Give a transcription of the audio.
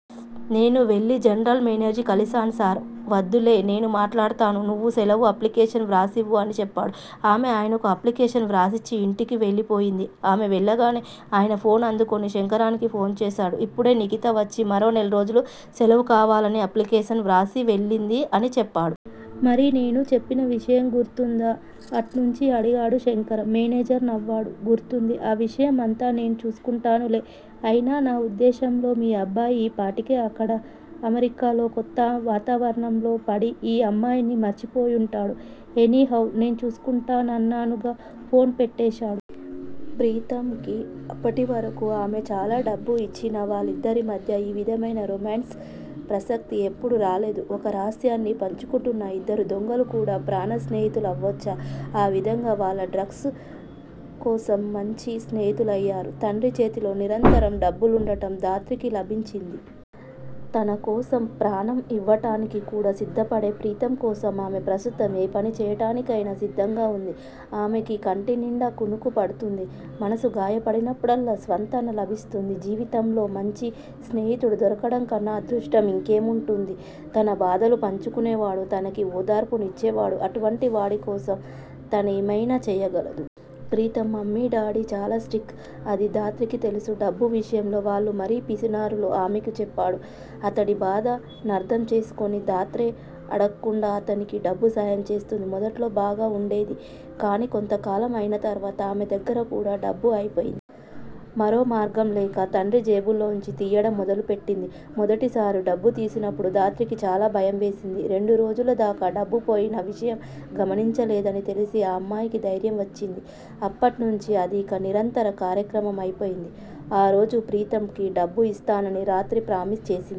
నేను వెళ్ళి జనరల్ మేనేజి కలుస్తాను సార్ అంది. వద్దులే. నేను మాట్లాడతాను. నువ్వు సెలవు అప్లికేషన్ వ్రాసివ్వు అని చెప్పాడు. ఆమె ఆయనకి ఆప్లికేషన్ వ్రాసిచ్చి ఇంటికి వెళ్ళి పోయింది. ఆమె వెళ్ళగానే ఆయన ఫోన్ అందుకొని శంకరానికి ఫోన్ చేశాడు. ఇప్పుడే నిఖిత వచ్చి మరో నెలరోజులు శెలవు కావాలని అప్లికేషన్ వ్రాసిచ్చి వెళ్ళింది అని చెప్పాడు. మరి నేను చెప్పిన విషయం గుర్తుందా? అట్నుంచి అడిగాడు శంకరం. మేనేజర్ నవ్వాడు. గుర్తుంది. ఆ విషయం అంతా నేను చూసుకుంటానులే. అయినా నా వుద్దేశ్యంలో మీ అబ్బాయి ఈపాటికే అక్కడ అమెరికాలో కొత్త వాతావరణంలో పడి ఈ అమ్మాయిని మర్చిపోయుంటాడు. ఎనీ హౌ నేను చూసుకుంటానన్నానుగా ఫోన్ పెట్టేశాడు. ప్రీతమ్ కి అప్పటివరకూ ఆమె చాలా డబ్బు ఇచ్చినా, వాళ్ళిద్దరి మధ్యా ఈ విధమైన రొమాన్స్ ప్రసక్తి ఎప్పుడూ రాలేదు. ఒక రహస్యాన్ని పంచుకుంటున్న ఇద్దరు దొంగలు కూడా ప్రాణ స్నేహితులవ్వచ్చ. ఆ విధంగా వాళ్ళు 'డ్రగ్' కోసం మంచి స్నేహితులయ్యారు. తండ్రి చేతిలో నిరంతరం డబ్బులుండటం ధాత్రికి లాభించింది. తనకోసం ప్రాణం ఇవ్వటానికి కూడా సిద్ధపడే ప్రీతమ్ కోసం ఆమె ప్రస్తుతం ఏ పని చేయాటానికైనా సిద్ధంగా వుంది. ఆమెకి కంటినిండా కునుకు పడుతోంది. మనసు గాయపడినప్పుడల్లా స్వాంతన లభిస్తోంది. జీవితంలో మంచి స్నేహితుడు దొరకటం కన్నా అదృష్టం ఇంకేముంటుంది? తన బాధలు పంచుకునేవాడు, తనకి ఓదార్పు నిచ్చేవాడు అటువంటి వాడికోసం తనేమైనా చేయగలదు. ప్రీతమ్ మమ్మీ, డాడీ చాలా స్ట్రిక్ అని ధాత్రికి తెలుసు. డబ్బు విషయంలో వాళ్ళు మరీ పిసినారులని ఆమెకి చెప్పాడు. అతడి బాధ నర్థం చేసుకొని ధాత్రే అడక్కుండా అతనికి డబ్బుసాయం చేస్తోంది. మొదట్లో బాగానే వుండేది. కాని కొంతకాలం అయిన తర్వాత ఆమె దగ్గర కూడా డబ్బు అయిపోయింది. మరో మార్గంలేక తండ్రి జేబులోంచి తీయడం మొదలుపెట్టింది. మొదటిసారి డబ్బు తీసినప్పుడు ధాత్రికి చాలా భయం వేసింది. రెండు రోజుల దాకా డబ్బు పోయిన విషయం గమనించలేదని తెలిసి ఆ అమ్మాయికి ధైర్యం వచ్చింది. అప్పటినుంచి అది ఇక నిరంతరం కార్యక్రమం అయిపోయింది. ఆ రోజు ప్రీతమ్ కి డబ్బు ఇస్తానని రాత్రి ప్రామిస్ చేసింది.